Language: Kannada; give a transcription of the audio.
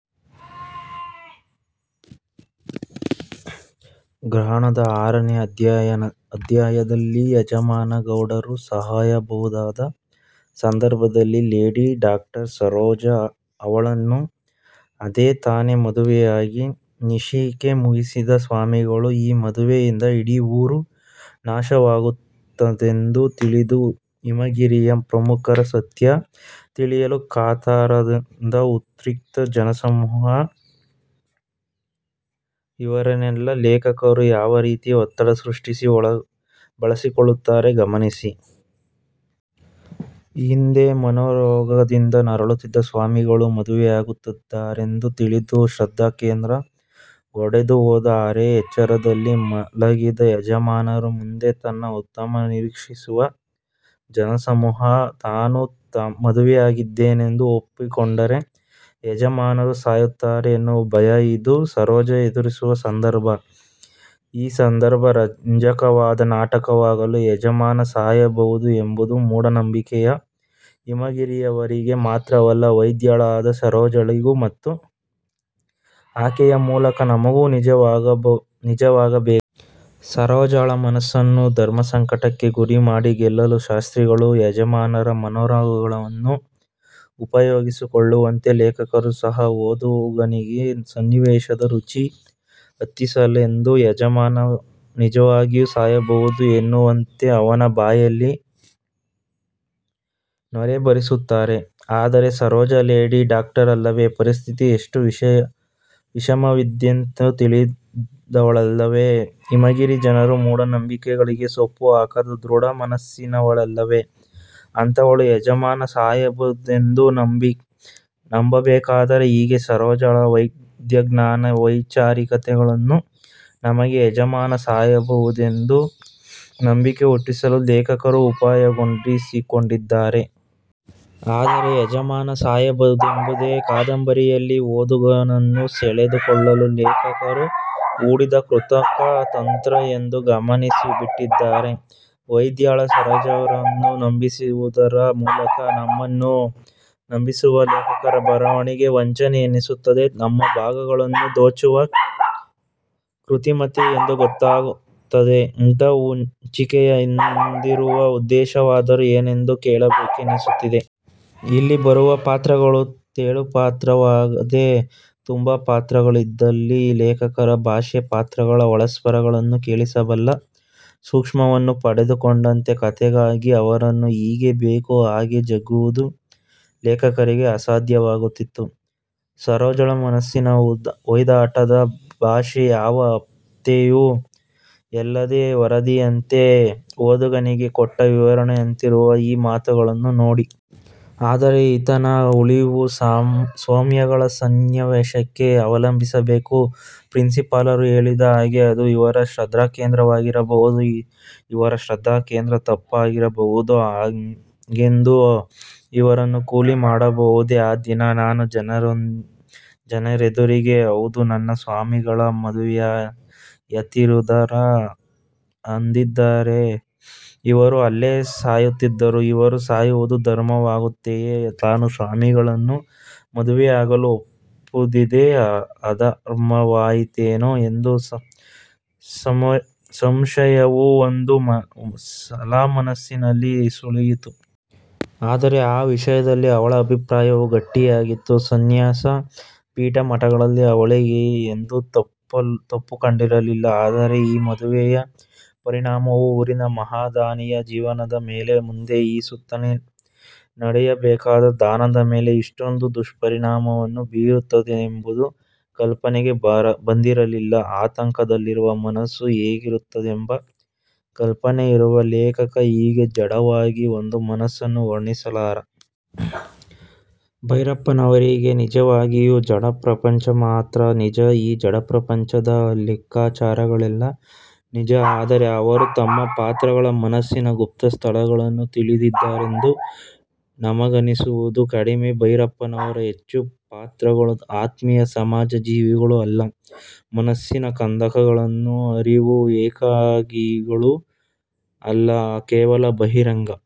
ಗ್ರಹಣದ ಆರನೇ ಅಧ್ಯಾಯದಲ್ಲಿ ಯಜಮಾನ ಗೌಡರು ಸಾಯಬಹುದಾದ ಸಂದರ್ಭದಲ್ಲಿ ಲೇಡಿ ದಾಕ್ಟರ್ ಸರೋಜ, ಅವಳನ್ನು ಅದೇ ತಾನೇ ಮದುವೆಯಾಗಿ ನಿಷೇಕ ಮುಗಿಸಿದ ಸ್ವಾಮಿಗಳು, ಈ ಮದುವೆಯಿಂದ ಇಡೀ ಊರು ನಾಶವಾಗುತ್ತದೆಂದು ತಿಳಿದ ಹಿಮಗಿರಿಯ ಪ್ರಮುಖರು, ಸತ್ಯ ತಿಳಿಯಲು ಕಾತರರಾದ ಉದ್ರಿಕ್ತ ಜನಸಮೂಹ ಇವರೆನ್ನೆಲ್ಲ ಲೇಖಕರು ಯಾವ ರೀತಿಯ ಒತ್ತಡ ಸೃಷ್ಟಿಸಿ ಬಳಸಿಕೊಳ್ಳುತ್ತಾರೆ ಗಮನಿಸಿ. ಹಿಂದೆ ಮನೋರೊಗದಿಂದ ನರಳುತ್ತಿರುವ ಸ್ವಾಮಿಗಳು ಮದುವೆಯಾಗುತ್ತಾರೆಂದು ತಿಳಿದು 'ಶ್ರದ್ಧಾಕೇಂದ್ರ' ಒಡೆದುಹೋದ ಅರೆ ಎಚ್ಚರದಲ್ಲಿ ಮಲಗಿದ ಯಜಮಾನರು, ಮುಂದೆ ತನ್ನ ಉತ್ತರ ನಿರೀಕ್ಷಿಸುವ ಜನಸಮೂಹ, ತಾನು ಮದುವೆಯಾಗಿದ್ದೇನೆಂದು ಒಪ್ಪಿಕೊಂಡರೆ ಯಜಮಾನರು ಸಾಯುತ್ತಾರೆ ಎನ್ನುವ ಭಯ ಇದು ಸರೋಜ ಎದುರಿಸುವ ಸಂದರ್ಭ, ಈ ಸಂದರ್ಭ ರಂಜಕವಾದ ನಾಟಕವಾಗಲು ಯಜಮಾನ ಸಾಯಬಹುದು ಎಂಬುದು ಮೂಢನಂಬಿಕೆಯ ಹಿಮಗಿರಿಯವರಿಗೆ ಮಾತ್ರವಲ್ಲ, ವೈದ್ಯಳಾದ ಸರೋಜಳಿಗೂ ಮತ್ತು ಆಕೆಯ ಮೂಲಕ ನಮಗೂ ನಿಜವಾಗಬೇಕು. ಸರೋಜಳ ಮನಸ್ಸನ್ನು ಧರ್ಮಸಂಕಟಕ್ಕೆ ಗುರಿಮಾಡಿ ಗೆಲ್ಲಲು ಶಾಸ್ತ್ರಿಗಳು ಯಜಮಾನರ ಮನೋರೋಗವನ್ನು ಉಪಯೋಗಿಸಿಕೊಳ್ಳುವಂತೆ, ಲೇಖಕರು ಸಹ ಓದುಗನಿಗೆ ಸನ್ನಿವೇಶದ ರುಚಿ ಹತ್ತಿಸಲೆಂದು ಯಜಮಾನ ನಿಜವಾಗಿಯೂ ಸಾಯಬಹುದು ಎನ್ನಿಸುವಂತೆ ಅವನ ಬಾಯಲ್ಲಿ ನೊರೆ ಬರಿಸುತ್ತಾರೆ. ಆದರೆ ಸರೋಜ ಲೇಡಿ ಡಾಕ್ಟರ್ ಅಲ್ಲವೆ? ಪರಿಸ್ಥಿತಿ ಎಷ್ಟು ವಿಷಮವಿದ್ದೀತೆಂದು ತಿಳಿದಳಲ್ಲವೆ? ಹಿಮಗಿರಿ ಜನರ ಮೂಢನಂಬಿಕೆಗಳಿಗೆ ಸೊಪ್ಪುಹಾಕದ ದೃಡಮನಸ್ಸಿನವಳಲ್ಲವೆ ಅಂಥವಳೂ ಯಜಮಾನ ಸಾಯಬಹುದೆಂದು ನಂಬಬೇಕಾದರೆ ಹೀಗೆ ಸರೋಜಳ ವೈದ್ಯಜ್ಞಾನ, ವೈಚಾರಿಕತೆಗಳನ್ನು ನಮಗೆ ಯಜಮಾನ ಸಾಯಬಹುದೆಂದು ನಂಬಿಕೆ ಹುಟ್ಟಿಸಲು ಲೇಖಕರು ಉಪಯೋಗಿಸಿಕೊಂಡಿದ್ದಾರೆ. ಆದರೆ ಯಜಮಾನ ಸಾಯಬಹುದೆಂಬುದೇ ಕಾದಂಬರಿಯಲ್ಲಿ ಓದುಗನನ್ನು ಸೆಳೆದುಕೊಳ್ಳಲು ಲೇಖಕರು ಹೂಡಿದ ಕೃತಕ ತಂತ್ರ ಎಂದು ನಮಗನ್ನಿಸಿಬಿಟ್ತರೆ, ವೈದ್ಯಳಾದ ಸರೋಜಳನ್ನೂ ನಂಬಿಸುವುದರ ಮೂಲಕ ನಮ್ಮನ್ನು ನಂಬಿಸುವ ಲೇಖಕರ ಬರವಣಿಗೆ ವಂಚನೆ ಎನ್ನಿಸುತ್ತದೆ. ನಮ್ಮ ಭಾವಗಳನ್ನು ದೋಚುವ ಕೃತಿಮತೆ ಎಂದು ಗೊತ್ತಾಗುತ್ತದೆ. ಇಂಥ ಹೊಂಚಿಕೆಯ ಹಿಂದಿರುವ ಉದ್ದೇಶವಾದರೂ ಏನೆಂದು ಕೇಳಬೇಕೆನ್ನಿಸುತ್ತದೆ. ಇಲ್ಲಿ ಬರುವ ಪಾತ್ರಗಳು ತೆಳುಪಾತ್ರಗಳಾಗದೆ ತುಂಬುಪಾತ್ರಗಳಾಗಿದ್ದಲ್ಲಿ, ಲೇಖಕರ ಭಾಷೆ ಪಾತ್ರಗಳ ಒಳಸ್ವರಗಳನ್ನು ಕೇಳಿಸಬಲ್ಲ ಸೂಕ್ಷ್ಮವನ್ನು ಪಡೆದುಕೊಂಡಲ್ಲಿ ಕಥೆಗಾಗಿ ಅವರನ್ನು ಹೇಗೆ ಬೇಕೋ ಹಾಗೆ ಜಗ್ಗುವುದು ಲೇಖಕರಿಗೆ ಅಸಾಧ್ಯಾವಾಗುತ್ತಿತ್ತು. ಸರೋಜಳ ಮನಸ್ಸಿನ ಹೊಯ್ದಾಟದ ಭಾಷೆ ಯಾವ ಆಪ್ತತೆಯೂ ಎಲ್ಲದೆ ವರದಿಯಂತಿದೆ. ಓದುಗನಿಗೆ ಕೊಟ್ಟ ವಿವರಣೆಯಂತಿರುವ ಈ ಮಾತುಗಳನ್ನು ನೋಡಿ. ಆದರೆ ಈತನ ಉಳಿವು ಸ್ವಾಮೆಗಳ ಸನ್ಯಾಸವನ್ನೇಕೆ ಅವಲಂಬಿಸಬೇಕು ಪ್ರಿನ್ಸಿಪಾಲರು ಹೇಳಿದ ಹಾಗೆ ಅದು ಇವರ ಶ್ರದ್ದಾಕೇಂದ್ರವಾಗಿರಬಹುದು. ಇವರ ಶ್ರದ್ಧಾಕೇಂದ್ರ ತಪ್ಪಾಗಿರಬಹುದು, ಹಾಗೆಂದು ಇವರನ್ನು ಕೊಲಿ ಮಾಡಬಹುದೆ? ಆ ದಿನ ನಾನು ಜನರೆದುರಿಗೆ, ಹೌದು, ನನ್ನ ಸ್ವಾಮಿಗಳ ಮದುವೆಯಾಯಿತುಧರ ಅಂದಿದ್ದರೆ ಇವರು ಅಲ್ಲೇ ಸಾಯುತ್ತಿದ್ದರು. ಇವರು ಸಾಯುವುದು ಧರ್ಮವಾಗುತ್ತೆಯೇ ತಾನು ಸ್ವಾಮಿಗಳನ್ನು ಮದುವೆಯಾಗಲು ಒಪ್ಪಿದುದೇ ಅಧರ್ಮವಾಯಿತೇನೋ ಎಂಬ ಸಂಶಯವು ಒಂದು ಸಲಮನಸ್ಸಿನಲ್ಲಿ ಸುಳಿಯಿತು. ಆದರೆ ಆ ವಿಷಯದಲ್ಲಿ ಅವಳ ಅಭಿಪ್ರಾಯವು ಗಟ್ಟಿಯಾಗಿತ್ತು. ಸನ್ಯಾಸ, ಪೀಠ, ಮಠಗಳಲ್ಲಿ ಅವಳಿಗೆ ಎಂದೂ ತಪ್ಪು ಕಂಡಿರಲಿಲ್ಲ. ಆದರೆ ಈ ಮದುವೆಯ ಪರಿಣಾಮವು ಊರಿನ ಮಹಾದಾನಿಯ ಜೀವನದ ಮೇಲೆ, ಮುಂದೆ ಈ ಸುತ್ತಿನಲ್ಲೇ ನಡೆಯಬೇಕಾದ ದಾನದ ಮೇಲೆ ಇಷ್ಟೊಂದು ದುಷ್ಪರಿಣಾಮವನ್ನು ಬೀರುತ್ತದೆಂಬುದು ಕಲ್ಪನೆಗೆ ಬಂದಿರಲಿಲ್ಲ. ಆತಂಕದಲ್ಲಿರುವ ಮನಸ್ಸು ಹೇಗಿರುತ್ತದೆಂಬ ಕಲ್ಪನೆಯಿರುವ ಲೇಖಕ ಹೀಗೆ ಜಡವಾಗಿ ಒಂದು ಮನಸ್ಸನ್ನು ವರ್ಣಿಸಲಾರ. ಭೈರಪ್ಪನವರಿಗೆನ್ ನಿಜವಾಗಿಯೂ ಜಡಪ್ರಪಂಚ ಮಾತ್ರ ನಿಜ, ಈ ಜಡಪ್ರಪಂಚ ದ ಲೆಖ್ಖಾಚಾರಗಳೆಲ್ಲ ನಿಜ ಆದರೆ ಅವರು ತಮ್ಮ ಪಾತ್ರಗಳ ಮನಸ್ಸಿನ ಗುಪ್ತ ಸ್ಥಳಗಳನ್ನು ತಿಳಿದಿದ್ದಾರೆಂದು ನಮಗನ್ನಿಸುವುದು ಕಡಿಮೆ. ಭೈರಪ್ಪನವರ ಹೆಚ್ಚು ಪಾತ್ರಗಳು ಆತ್ಮೀಯ ಸಮಾಜಜೀವಿಗಳೂ ಅಲ್ಲ, ಮನಸ್ಸಿನ ಕಂದಕಗಳನ್ನು ಅರಿಯುವ ಏಕಾಕಿಗಳೂ ಅಲ್ಲ ಕೇವಲ ಬಹಿರಂಗ